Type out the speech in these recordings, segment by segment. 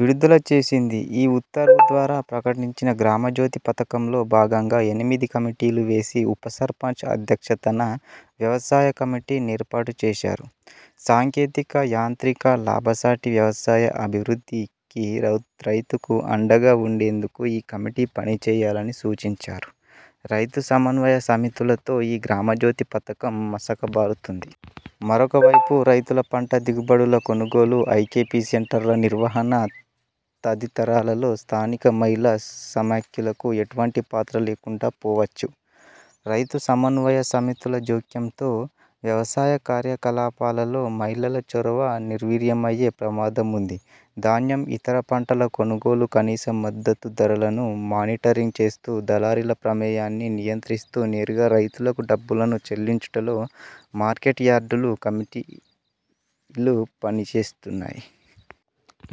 విడుదల చేసింది. ఈ ఉత్తర్వు ద్వారా ప్రకటించిన 'గ్రామజ్యోతి' పథకంలో భాగంగా ఎనిమిది కమిటీలు వేసి ఉపసర్పంచ్ అధ్యక్షతన వ్యవసాయ కమిటీ నేర్పాటు చేశారు. సాంకేతిక, యాంత్రిక, లాభసాటి వ్యవసాయ అభివృద్ధికి రైతుకు అండగా ఉండేందుకు ఈ కమిటి పనిచేయాలని సూచించారు. రైతు సమన్వయ సమితులతో ఈ 'గ్రామజ్యోతి' పథకం మసక బారుతుంది. మరొక వైపు రైతుల పంట దిగుబడుల కొనుగోలు, ఐ. కె. పి. సెంటర్ల నిర్వహణ తదితరాలలో స్థానిక మహిళా సమాఖ్యలకు ఎటువంటి పాత్ర లేకుండా పోవచ్చు. రైతు సమన్వయ సమితుల జోక్యంతో వ్యవసాయ కార్యకలాపాలలో మహిళల చొరవ నిర్వీర్యమయ్యే ప్రమాదం ఉంది. ధాన్యం, ఇతర పంటల కొనుగోలు, కనీస మద్దతు ధరలను మానిటరింగ్ చేస్తూ దళారీల ప్రమేయాన్ని నియంత్రిస్తూ నేరుగా రైతులకు డబ్బులను చెల్లించుటలో మార్కెట్ యార్డులు, మార్కెట్ కమిటీలు పనిచేస్తున్నాయి.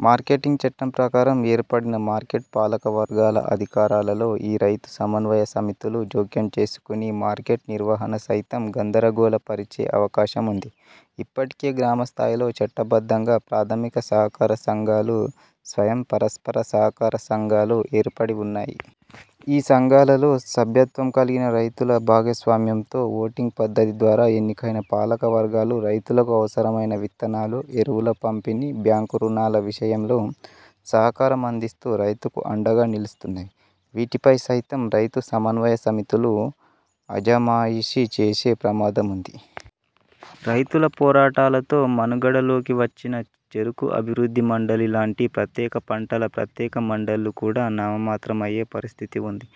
మార్కెటింగ్ చట్టం ప్రకారం ఏర్పడిన మార్కెట్ పాలక వర్గాల అధికారాలలో ఈ రైతు సమన్వయ సమితులు జోక్యం చేసుకుని మార్కెట్ నిర్వహణ సైతం గందరగోళ పరిచే అవకాశం ఉంది. ఇప్పటికే గ్రామ స్థాయిలో చట్టబద్ధంగా ప్రాథమిక సహకార సంఘాలు, స్వయం పరస్పర సహకార సంఘాలు ఏర్పడివున్నాయి. ఈ సంఘాలలో సభ్యత్వం కలిగిన రైతుల భాగస్వామ్యంతో ఓటింగ్ పద్ధతి ద్వారా ఎన్నికైన పాలక వర్గాలు రైతులకు అవసరమైన విత్తనాలు, ఎరువుల పంపిణి, బ్యాంకు ఋణాల విషయంలో సహకారం అందిస్తూ రైతుకు అండగా నిలుస్తున్నవి. వీటిపై సైతం రైతు సమన్వయ సమితులు అజమాయిషీ చేసే ప్రమాదం ఉంది. రైతుల పోరాటాలతో మనుగడలోకి వచ్చిన 'చెరుకు అభివృద్ది మండలి' లాంటి ప్రత్యేక పంటల ప్రత్యేక మండళ్ళు కూడా నామమాత్రం అయ్యే పరిస్థితి ఉంది.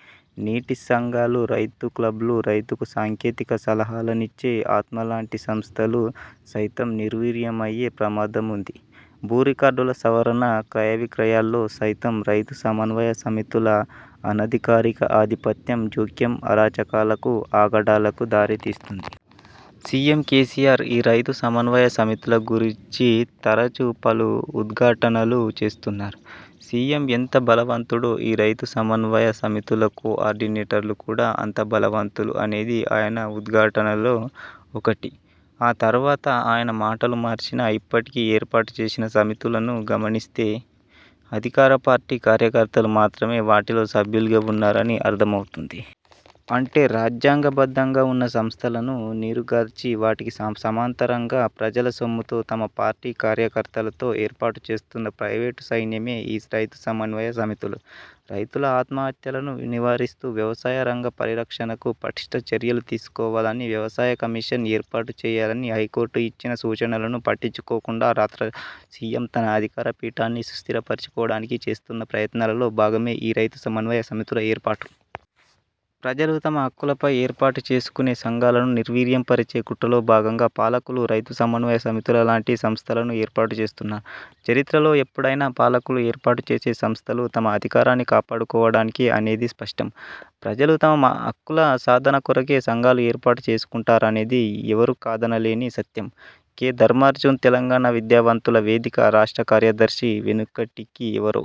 నీటి సంఘాలు, రైతు క్లబ్లు, రైతుకు సాంకేతిక సలహాలనిచ్చే 'ఆత్మ' లాంటి సంస్థలు సైతం నిర్వీర్యమయ్యే ప్రమాదం ఉంది. భూ రికార్డుల సవరణ, క్రయ విక్రయాల్లో సైతం రైతు సమన్వయ సమితుల అనధికారిక ఆధిపత్యం, జోక్యం అరాచకాలకు ఆగడాలకు దారితీస్తుంది. సీఎం కేసీఆర్ ఈ రైతు సమన్వయ సమితుల గూర్చి తరచు పలు ఉద్ఘాటనలు చేస్తున్నారు. సీఎం ఎంత బలవంతుడో ఈ రైతు సమన్వయ సమితుల కో ఆర్డినేటర్లు కూడా అంత బలవంతులు అనేది ఆయన ఉద్ఘాటనలలో ఒకటి. ఆ తరువాత ఆయన మాటలుమార్చినా, ఇప్పటికే ఏర్పాటు చేసిన సమితులను గమనిస్తే అధికార పార్టీ కార్యకర్తలు మాత్రమే వాటిలో సభ్యులుగా ఉన్నారని అర్థమవుతుంది. అంటే రాజ్యాంగ బద్ధంగా ఉన్న సంస్థలను నీరుగార్చి వాటికి సమాంతరంగా ప్రజల సొమ్ముతో తమ పార్టీ కార్యకర్తలతో ఏర్పాటు చేస్తున్న ప్రైవేట్ సైన్యమే ఈ రైతు సమన్వయ సమితులు. రైతుల ఆత్మహత్యలను నివారిస్తూ వ్యవసాయ రంగ పరిరక్షణకు పటిష్ఠ చర్యలు తీసుకోవాలని, వ్యవసాయ కమిషన్ ఏర్పాటు చేయాలని హైకోర్టు ఇచ్చిన సూచనలను పట్టించుకోకుండా రాష్ట్ర సీఎం తన అధికార పీఠాన్ని సుస్థిర పరుచుకోవడానికి చేస్తోన్న ప్రయత్నాలలో భాగమే ఈ రైతు సమన్వయ సమితుల ఏర్పాటు. ప్రజలు తమ హక్కులకై ఏర్పాటు చేసుకునే సంఘాలను నిర్వీర్య పరిచే కుట్రలో భాగంగా పాలకులు రైతు సమన్వయ సమితుల లాంటి సంస్థలను ఏర్పాటు చేస్తున్నారు. చరిత్రలో ఎప్పుడైనా పాలకులు ఏర్పాటుచేసే సంస్థలు తమ అధికారాన్ని కాపాడుకోవడానికే అనేది స్పష్టం. ప్రజలు తమ హక్కుల సాధన కొరకే సంఘాలు ఏర్పాటు చేసుకుంటారనేది ఎవరూ కాదనలేని సత్యం. కె. ధర్మార్జున్ తెలంగాణ విద్యావంతుల వేదిక, రాష్ట్ర కార్యదర్శి వెనకటికి ఎవరో